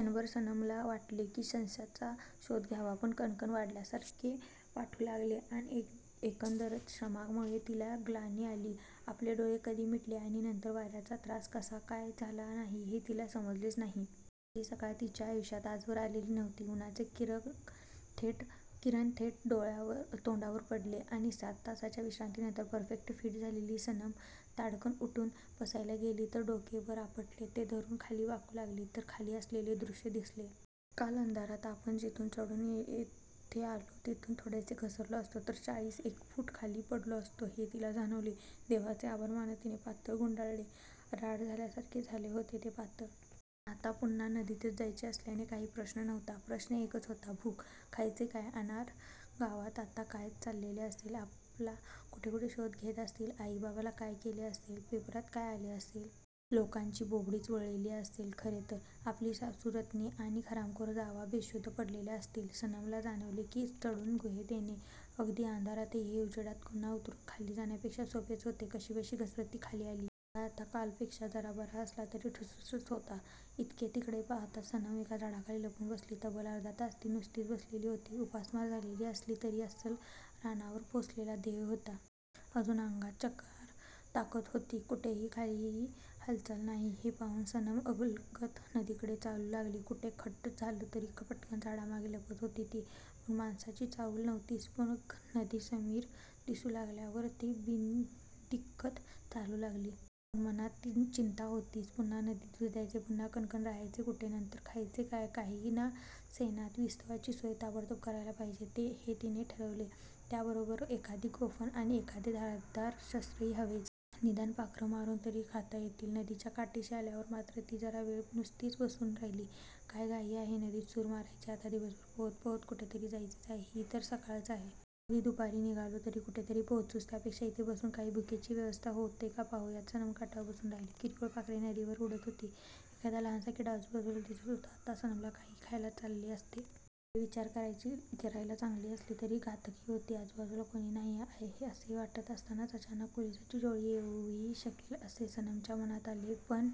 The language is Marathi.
क्षणभर सनमला वाटले की सश्याचा शोध घ्यावा. पण कणकण वाढल्यासारखे वाटू लागले आणि एकंदरच श्रमांमुळे तिला ग्लानी आली. आपले डोळे कधी मिटले आणि नंतर वार्याचा त्रास कसा काय झाला नाही हे तिला समजलेच नाही. असली सकाळ तिच्या आयुष्यात आजवर आलेली नव्हती. उन्हाचे किरण थेट तोंडावर पडले आणि सात तासांच्या विश्रांतीनंतर परफेक्ट फिट झालेली सनम ताडकन उठून बसायला गेली तर डोके वर आपटले. ते धरून खाली वाकू लागली तर खाली असलेले दृष्य दिसले. काल अंधारात आपण जिथून चढून येथे आलो तिथून थोडेसे घसरलो असतो तर चाळीस एक फूट खाली पडलो असतो हे तिला जाणवले. देवाचे आभार मानत तिने पातळ गुंडाळले. राठ झाल्यासारखे झाले होते ते पातळ! पण आता पुन्हा नदीतच जायचे असल्याने काही प्रश्न नव्हता. प्रश्न एकच होता. भूक! खायचे काय? अनार गावात आता काय चाललेले असेल? आपला कुठेकुठे शोध घेत असतील? आई बाबाला काय केले असेल? पेपरात काय आले असेल? लोकांची बोबडीच वळलेली असेल खरे तर. आपली सासू रत्नी आणि हरामखोर जावा बेशुद्धच पडलेल्या असतील. सनमला जाणवले की चढून गुहेत येणे, अगदी अंधारातही, हे उजेडात गुहा उतरून खाली जाण्यापेक्षा सोपेच होते. कशीबशी घसरत ती खाली आली. गुडघा आता कालपेक्षा जरा बरा असला तरी ठुसठुसत होताच. इकडे तिकडे पाहात सनम एका झाडामागे लपून बसली. तब्बल अर्धा तास ती नुसतीच बसलेली होती. उपासमार झालेली असली तरी अस्सल रानावर पोसलेला देह होता. अजून अंगात चिक्कार ताकद होती. कुठेही काहीही हालचाल नाही हे पाहून सनम अलगद नदीकडे चालू लागली. कुठे खुट्ट झालं तरी पटकन झाडांमागे लपत होती ती, पण माणसाची चाहुल नव्हतीच. मग नदी समिर दिसू लागल्यावर ती बिनदिक्कत चालू लागली. पण मनात चिंता होतीच. पुन्हा नदीत भिजायचे, पुन्हा कणकण! राहायचे कुठे नंतर? खायचे काय? काही का सेनात, विस्तवाची सोय ताबडतोब करायला पाहिजे हे तिने ठरवले. त्याचबरोबर एखादी गोफण आणि एखादे धारदार शस्त्रही हवेच. निदान पाखरं मारून तरी खाता येतील. नदीच्या काठाशी आल्यावर मात्र ती जरा वेळ नुसतीच बसून राहिली. काय घाई आहे नदीत सूर मारण्याची? आता दिवसभरात पोहत पोहत कुठेतरी जायचेच आहे. ही तर सकाळच आहे. अगदी दुपारी निघालो तरी कुठेतरी पोहोचूच. त्यापेक्षा इथे बसून काही भुकेची व्यवस्था होते का पाहूयात. सनम काठावर बसून राहिली. किरकोळ पाखरे नदीवर उडत होती. एखादा लहानसा किडा आजूबाजूला दिसत होता. आत्ता सनमला काहीही खायला चालले असते. ही वेळ विचार करायला चांगली असली तरी घातकही होती. आजूबाजूला कोणी नाही आहे असे वाटत असतानाच अचानक पोलिसांची टोळी येऊही शकेल असे सनमच्या मनात आले. पण